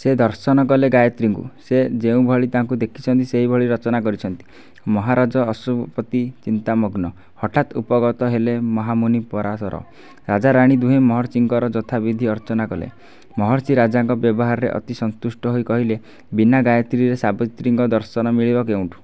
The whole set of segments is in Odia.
ସେ ଦର୍ଶନ କଲେ ଗାୟତ୍ରୀଙ୍କୁ। ସେ ଯେଉଁଭଳି ତାଙ୍କୁ ଦେଖିଛନ୍ତି ସେହିଭଳି ରଚନା କରିଛନ୍ତି। ମହାରାଜ ଅଶ୍ୱପତି ଚିନ୍ତାମଗ୍ନ। ହଠାତ୍ ଉପଗତ ହେଲେ ମହାମୁନି ପରାଶର। ରାଜାରାଣୀ ଦୁହେଁ ମହର୍ଷିଙ୍କର ଯଥାବିଧି ଅର୍ଚ୍ଚନା କଲେ। ମହର୍ଷି ରାଜାଙ୍କ ବ୍ୟବହାରରେ ଅତି ସନ୍ତୁଷ୍ଟ ହୋଇ କହିଲେ, ବିନା ଗାୟତ୍ରୀରେ ସାବିତ୍ରୀଙ୍କ ଦର୍ଶନ ମିଳିବ କେଉଁଠୁ-?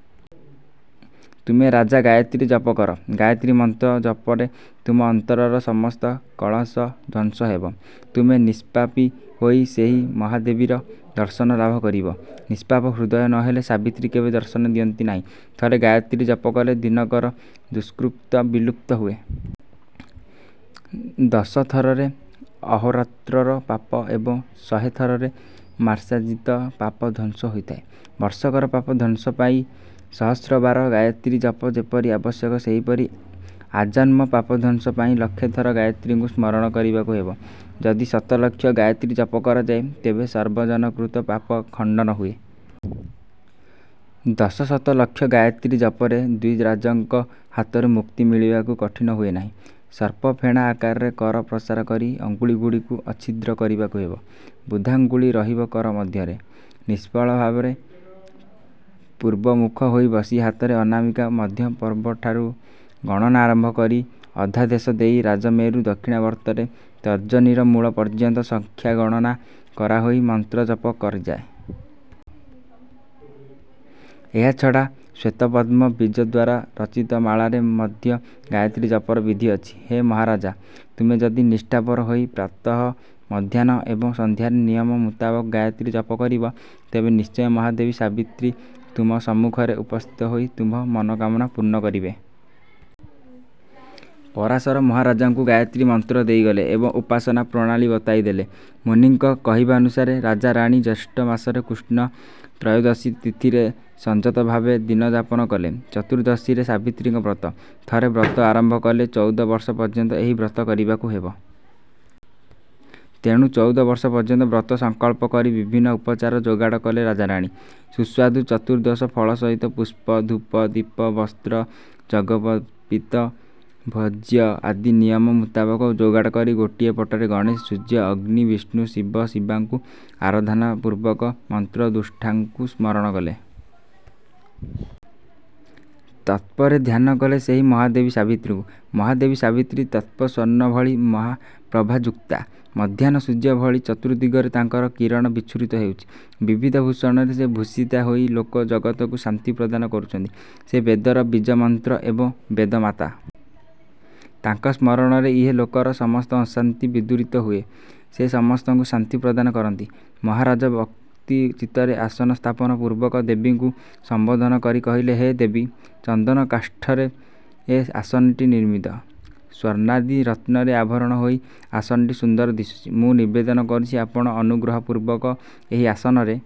ତୁମେ ରାଜା ଗାୟତ୍ରୀ ଜପ କର। ଗାୟତ୍ରୀ ମନ୍ତ୍ର ଜପରେ ତୁମ ଅନ୍ତରର ସମସ୍ତ କଳ୍ମଷ ଧ୍ୱଂସ ହେବ। ତୁମେ ନିଷ୍ପାପି ହୋଇ ସେହି ମହାଦେବୀର ଦର୍ଶନ ଲାଭ କରିବ। ନିଷ୍ପାପ ହୃଦୟ ନହେଲେ ସାବିତ୍ରୀ କେବେ ଦର୍ଶନ ଦିଅନ୍ତି ନାହିଁ। ଥରେ ଗାୟତ୍ରୀ ଜପକଲେ ଦିନକର ଦୁଷ୍କୃତ ବିଲୁପ୍ତ ହୁଏ। ଦଶଥରରେ ଅହୋରାତ୍ରର ପାପ ଏବଂ ଶହେଥରରେ ମାସାର୍ଜିତ ପାପ ଧ୍ୱଂସ ହୋଇଥାଏ। ବର୍ଷକର ପାପ ଧ୍ୱଂସ ପାଇଁ ସହସ୍ରବାର ଗାୟତ୍ରୀ ଜପ ଯେପରି ଆବଶ୍ୟକ ସେହିପରି ଆଜନ୍ମ ପାପଧ୍ୱଂସ ପାଇଁ ଲକ୍ଷେଥର ଗାୟତ୍ରୀଙ୍କୁ ସ୍ମରଣ କରିବାକୁ ହେବ। ଯଦି ଶତଲକ୍ଷ ଗାୟତ୍ରୀ ଜପ କରାଯାଏ ତେବେ ସର୍ବଜନକୃତ ପାପ ଖଣ୍ଡନ ହୁଏ। ଦଶଶତ ଲକ୍ଷ ଗାୟତ୍ରୀ ଜପରେ ଦ୍ୱିଜରାଜଙ୍କ ହାତରୁ ମୁକ୍ତି ମିଳିବାକୁ କଠିନ ହୁଏ ନାହିଁ। ସର୍ପଫେଣା ଆକାରରେ କର ପ୍ରସାର କରି ଅଙ୍ଗୁଳିଗୁଡ଼ିକୁ ଅଛିଦ୍ର କରିବାକୁ ହେବ। ବୃଦ୍ଧାଙ୍ଗୁଳି ରହିବ କର ମଧ୍ୟରେ। ନିଶ୍ଚଳଭାବେ ପୂର୍ବମୁଖ ହୋଇ ବସି ହାତର ଅନାମିକା ମଧ୍ୟପର୍ବଠାରୁ ଗଣନା ଆରମ୍ଭ କରି ଅଧୋଦେଶ ଦେଇ ରାଜମେରୁ ଦକ୍ଷିଣାବର୍ତ୍ତରେ ତର୍ଜନୀର ମୂଳ ପର୍ଯ୍ୟନ୍ତ ସଂଖ୍ୟା ଗଣନା କରାହୋଇ ମନ୍ତ୍ର ଜପ କରାଯାଏ। ଏହାଛଡ଼ା ଶ୍ୱେତପଦ୍ମ ବୀଜଦ୍ୱାରା ରଚିତ ମାଳାରେ ମଧ୍ୟ ଗାୟତ୍ରୀ ଜପର ବିଧି ଅଛି। ହେ ମହାରାଜ! ତୁମେ ଯଦି ନିଷ୍ଠାପର ହୋଇ ପ୍ରାତଃ, ମଧ୍ରାହ୍ନ ଏବଂ ସଂନ୍ଧ୍ୟାରେ ନିୟମ ମୁତାବକ ଗାୟତ୍ରୀ ଜପ କରିବ ତେବେ ନିଶ୍ଚୟ ମହାଦେବୀ ସାବିତ୍ରୀ ତୁମ ସମ୍ମୁଖରେ ଉପସ୍ଥିତ ହୋଇ ତୁମ୍ଭ ମନୋକାମନା ପୂର୍ଣ୍ଣ କରିବେ। ପରାଶର ମହାରାଜଙ୍କୁ ଗାୟତ୍ରୀ ମନ୍ତ୍ର ଦେଇଗଲେ ଏବଂ ଉପାସନା ପ୍ରଣାଳୀ ବତାଇ ଦେଲେ। ମୁନିଙ୍କ କହିବାନୁସାରେ ରାଜା ରାଣୀ ଜ୍ୟେଷ୍ଠ ମାସର କୃଷ୍ଣ ତ୍ରୟୋଦଶୀ ତିଥିରେ ସଂଯତ ଭାବେ ଦିନଯାପନ କଲେ। ଚତୁର୍ଦ୍ଦଶୀରେ ସାବିତ୍ରୀଙ୍କ ବ୍ରତ। ଥରେ ବ୍ରତ ଆରମ୍ଭ କଲେ ଚଉଦ ବର୍ଷ ପର୍ଯ୍ୟନ୍ତ ଏହି ବ୍ରତ କରିବାକୁ ହେବ। ତେଣୁ ଚଉଦ ବର୍ଷ ପର୍ଯ୍ୟନ୍ତ ବ୍ରତ ସଂକଳ୍ପ କରି ବିଭିନ୍ନ ଉପଚାର ଯୋଗାଡ଼ କଲେ ରାଜାରାଣୀ। ସୁସ୍ୱାଦୁ ଚତୁର୍ଦ୍ଦଶ ଫଳ ସହିତ ପୁଷ୍ପ, ଧୂପ, ଦୀପ, ବସ୍ତ୍ର, ଯଜ୍ଞୋପବୀତ, ଭୋଜ୍ୟ ଆଦି ନିୟମ ମୁତାବକ ଯୋଗାଡ଼ କରି ଗୋଟିଏ ପଟରେ ଗଣେଣ, ସୂର୍ଯ୍ୟ, ଅଗ୍ନି, ବିଷ୍ଣୁ, ଶିବ, ଶିବାଙ୍କୁ ଆରାଧନା ପୂର୍ବକ ମନ୍ତ୍ରଦ୍ରଷ୍ଟାଙ୍କୁ ସ୍ମରଣ କଲେ। ତତ୍ପରେ ଧ୍ୟାନକଲେ ସେହି ମହାଦେବୀ ସାବିତ୍ରୀଙ୍କୁ। ମହାଦେବୀ ସାବିତ୍ରୀ ତପ୍ତ ସ୍ୱର୍ଣ୍ଣ ଭଳି ପ୍ରଭାଯୁକ୍ତା। ମଧ୍ୟାହ୍ନ ସୂର୍ଯ୍ୟ ଭଳି ଚତୁର୍ଦ୍ଦିଗରେ ତାଙ୍କର କିରଣ ବିଚ୍ଛୁରିତ ହେଉଛି। ବିବିଧ ଭୂଷଣରେ ସେ ଭୂଷିତା ହୋଇ ଲୋକ ଜଗତକୁ ଶାନ୍ତି ପ୍ରଦାନ କରୁଛନ୍ତି। ସେ ବେଦର ବୀଜମନ୍ତ୍ର ଏବଂ ବେଦମାତା। ତାଙ୍କ ସ୍ମରଣରେ ଇହ ଲୋକର ସମସ୍ତ ଅଶାନ୍ତି ବିଦୂରିତ ହୁଏ। ସେ ସମସ୍ତଙ୍କୁ ଶାନ୍ତି ପ୍ରଦାନ କରନ୍ତି। ମହାରାଜ ଭକ୍ତି ଚିତ୍ତରେ ଆସନ ସ୍ଥାପନ ପୂର୍ବକ ଦେବୀଙ୍କୁ ସମ୍ୱୋଧନ କରି କହିଲେ-ହେ ଦେବୀ! ଚନ୍ଦନ କାଷ୍ଠରେ ଏ ଆସନଟି ନିର୍ମିତ। ସ୍ୱର୍ଣ୍ଣାଦି ରତ୍ନରେ ଆଭରଣ ହୋଇ ଆସନଟି ସୁନ୍ଦର ଦିଶୁଛି। ମୁଁ ନିବେଦନ କରୁଛି ଆପଣ ଅନୁଗ୍ରହପୂର୍ବକ ଏହି ଆସନରେ